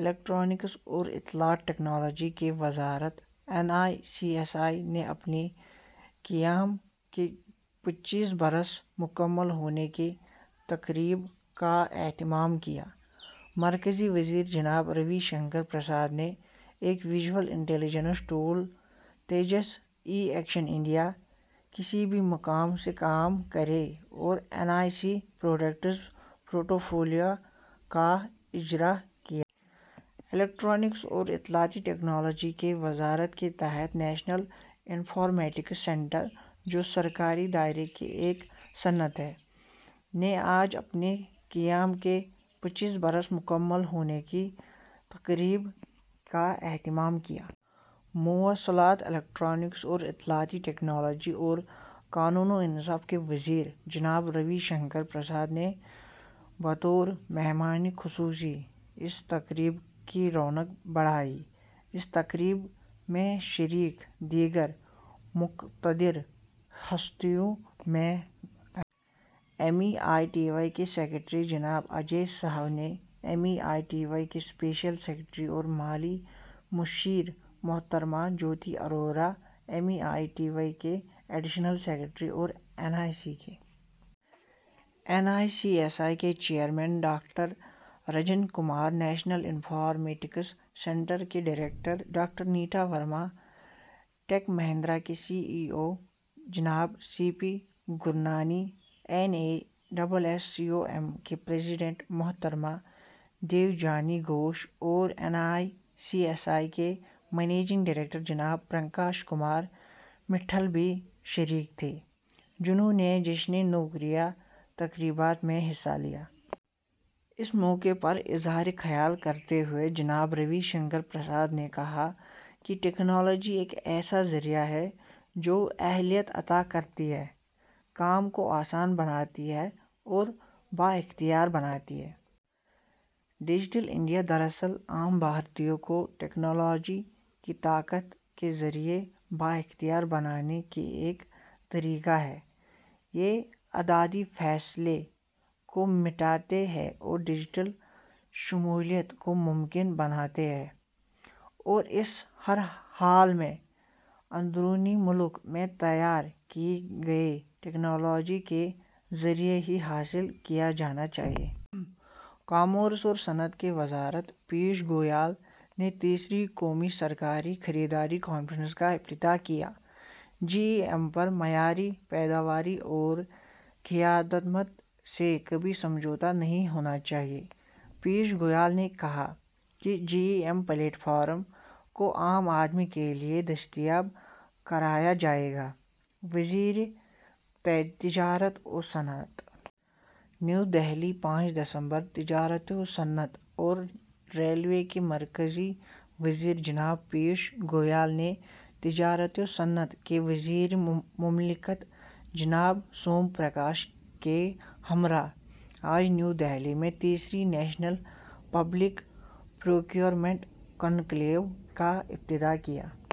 Electronics اور اطلاعات technology کی وزارت این آئی سی ایس آئی نے اپنے قیام کے پچیس برس مکمل ہونے کی تقریب کا اہتمام کیا۔ مرکزی وزیر جناب روی شنکر پرساد نے ایک وِژول انٹیلی جنس tool Tejas, e action India, کسی بھی مقام سے کام کریں اور این آئی سی مصنوعات پورٹ فولیو کا اجرا کیا۔ الیکٹرانکس اور اطلاعاتی ٹیکنالوجی کی وزارت کے تحت نیشنل انفارمیٹکس سینٹر، جو سرکاری دائرہ کار کی ایک صنعت ہے، نے آج اپنے قیام کے پچیس برس مکمل ہونے کی تقریب کا اہتمام کیا۔ مواصلات، الیکٹرانکس اور اطلاعاتی ٹیکنالوجی اور قانون و انصاف کے وزیر جناب روی شنکر پرساد نے بطور مہمانِ خصوصی اس تقریب کی رونق بڑھائی۔ اس تقریب میں شریک دیگر مقتدر ہستیوں میں M E I T Y کے سیکریٹری جناب Ajay Sahni, M E I T Y کی خصوصی سیکریٹری اور مالی مشیر محترمہ Jyoti Arora, M E I T Y کے ایڈیشنل سیکریٹری اور N I C S I کے chairman doctor Rajan Kumar, national informatics centre کی director doctor Neeta Verma, Tech Mahindra کے سی ای او جناب C P Gurbani, N S S C O M کی صدر محترمہ دیوجانی گھوش اور N I C S I کے مینیجنگ ڈائریکٹر جناب پرکاش کمار متل بھی شریک تھے، جنہوں نے جشنِ نقرئی تقریبات میں حصہ لیا۔ اس موقع پر اظہارِ خیال کرتے ہوئے جناب روی شنکر پرساد نے کہا کہ ٹیکنالوجی ایک ایسا ذریعہ ہے جو اہلیت عطا کرتی ہے، کام کو آسان بناتی ہے اور بااختیار بناتی ہے۔ ڈیجیٹل انڈیا دراصل عام بھارتیوں کو ٹیکنالوجی کی طاقت کے ذریعے بااختیار بنانے کی ایک تحریک ہے۔ یہ اعدادی فاصلے کو مٹاتی ہے اور ڈیجیٹل شمولیت کو ممکن بناتی ہے اور اسے ہر حال میں اندرونِ ملک میں تیار کی گئی ٹیکنالوجی کے ذریعے ہی حاصل کیا جانا چاہیے۔ کامرس اور صنعت کی وزارت پیوش گوئل نے تیسری قومی سرکاری خریداری کانفرنس کا افتتاح کیا۔ جی ای ایم پر معیاری پیداوار اور خدمات سے کبھی سمجھوتہ نہیں ہونا چاہیے۔ Piyush Goyal G E M platform کو عام آدمی کو دستیاب کرایا جائے گا: وزیر تجارت و صنعت۔ نئی دہلی، پانچ دسمبر: تجارت و صنعت نیز ریلوے کے مرکزی وزیر جناب پیوش گوئل نے تجارت و صنعت کے وزیر مملکت جناب سوم پرکاش کے ہمراہ آج نئی دہلی میں تیسرے نیشنل پبلک پروکیورمنٹ کنکلیو کا افتتاح کیا۔